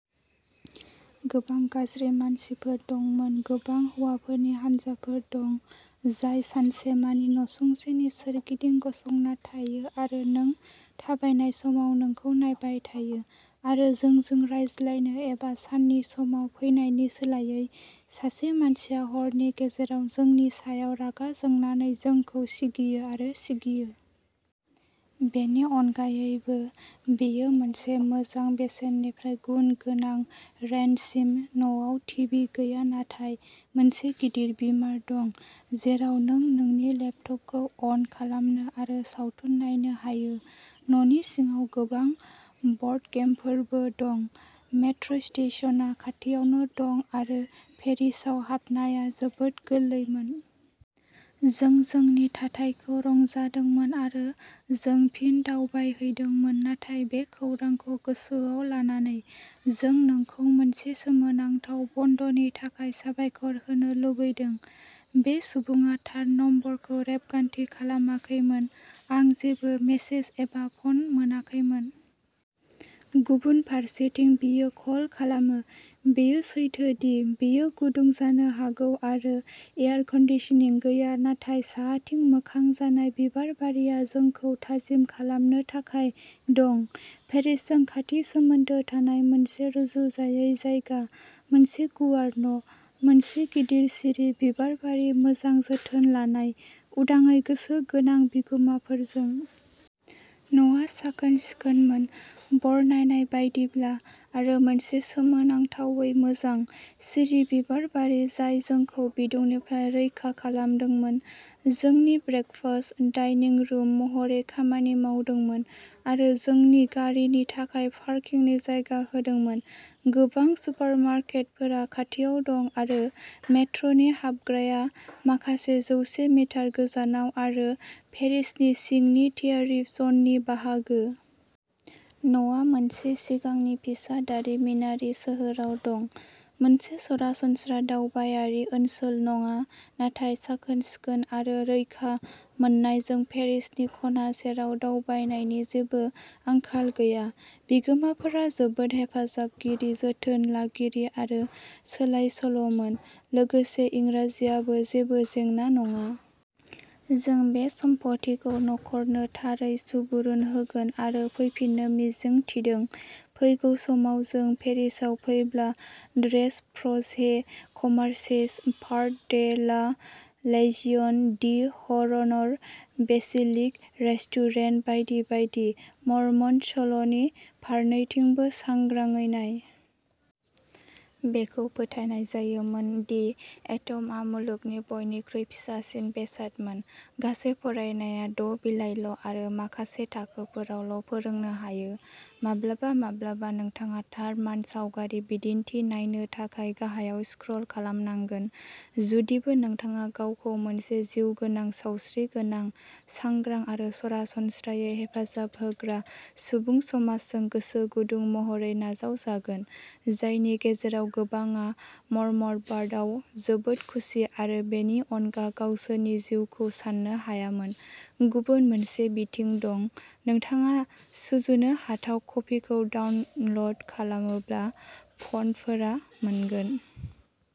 गोबां गाज्रि मानसिफोर दंमोन। गोबां हौवाफोरनि हानजाफोर दं, जाय सानसेमानि नसुंसेनि सोरगिदिं गसंना थायो आरो नों थाबायनाय समाव नोंखौ नायबाय थायो। आरो जोंजों रायज्लायनो एबा साननि समाव फैनायनि सोलायै, सासे मानसिया हरनि गेजेराव जोंनि सायाव रागा जोंनानै जोंखौ सिगियो आरो सिगियो। बेनि अनगायैबो, बेयो मोनसे मोजां बेसेननिफ्राय गुन गोनां रेन्जसिम। न'आव टिभि गैया नाथाय मोनसे गिदिर बीमार दं जेराव नों नोंनि लेपटपखौ अन खालामनो आरो सावथुन नायनो हायो। न'नि सिङाव गोबां ब'र्डगेमफोरबो दं। मेट्र'स्टेशनआ खाथियावनो दं आरो पेरिसाव हाबनाया जोबोद गोरलैमोन। जों जोंनि थाथायखौ रंजादोंमोन आरो जों फिन दावबायहैदोंमोन नाथाय बे खौरांखौ गोसोआव लानानै। जों नोंखौ मोनसे सोमोनांथाव बन्दनि थाखाय साबायखर होनो लुबैदों। बे सुबुङा थार नम्बरखौ रेबगान्थि खालामाखैमोन, आं जेबो मेसेज एबा फ'न मोनाखैमोन। गुबुन फारसेथिं बियो कल खालामो। बेयो सैथो दि बेयो गुदुं जानो हागौ आरो एयार कन्दिसनिं गैया नाथाय साहाथिं मोखां जानाय बिबारबारिया जोंखौ थाजिम खालामनो थाखाय दं। पेरिसजों खाथि सोमोन्दो थानाय मोनसे रुजुजायै जायगा, मोनसे गुवार न', मोनसे गिदिर सिरि बिबारबारि मोजां जोथोन लानाय, उदाङै गोसो गोनां बिगोमाफोरजों। न'आ साखोन-सिखोनमोन, बरनायनाय बायदिब्ला आरो मोनसे सोमोनांथावै मोजां, सिरि बिबारबारि जाय जोंखौ बिदुंनिफ्राय रैखा खालामदोंमोन, जोंनि ब्रेकफास्ट डाइनिं रुम महरै खामानि मावदोंमोन आरो जोंनि गारिनि थाखाय पार्किंनि जायगा होदोंमोन। गोबां सुपारमार्केटफोरा खाथियाव दं आरो मेट्र'नि हाबग्राया माखासे जौसे मिटार गोजानाव आरो पेरिसनि सिंनि ट्यारिफ जननि बाहागो। न'आ मोनसे सिगांनि फिसा दारिमिनारि सोहोराव दं। मोनसे सरासनस्रा दावबायारि ओनसोल नङा नाथाय साखोन-सिखोन आरो रैखा मोननायजों। पेरिसनि खना सेराव दावबायनायनि जेबो आंखाल गैया। बिगोमाफोरा जोबोद हेफाजाबगिरि, जोथोन लागिरि आरो सोलायसोल'मोन। लोगोसे इंराजिआबो जेबो जेंना नङा। जों बे सम्फथिखौ न'खरनो थारै सुबुरुन होगोन आरो फैफिननो मिजिं थिदों, फैगौ समाव जों पेरिसाव फैब्ला। ट्रेस प्र'चे कमार्सेस, Parc de la Legion d'Honneur, बेसिलिक रेस्टुरेन्ट बायदि बायदि। मर्मन सल'नि फारनैथिंबो सांग्राङै नाय। बेखौ फोथायनाय जायोमोन दि एट'मआ मुलुगनि बयनिख्रुइ फिसासिन बेसादमोन। गासै फरायनाया द'बिलाइल'आरो माखासे थाखोफोरावल'फोरोंनो हायो। माब्लाबा माब्लाबा नोंथाङा थार मानसावगारि बिदिन्थि नायनो थाखाय गाहायाव स्क्रल खालामनांगोन। जुदिबो नोंथाङा गावखौ मोनसे जिउगोनां सावस्रिगोनां, सांग्रां आरो सरासनस्रायै हेफाजाब होग्रा सुबुं समाजजों गोसो गुदुं महरै नाजावजागोन, जायनि गेजेराव गोबांआ मर्मनबादआव जोबोद खुसि आरो बेनि अनगा गावसोरनि जिउखौ सान्नो हायामोन, गुबुन मोनसे बिथिं दंः नोंथाङा सुजुनो हाथाव कपिखौ डाउनल'ड खालामोब्ला, फन्टफोरा मोनगोन।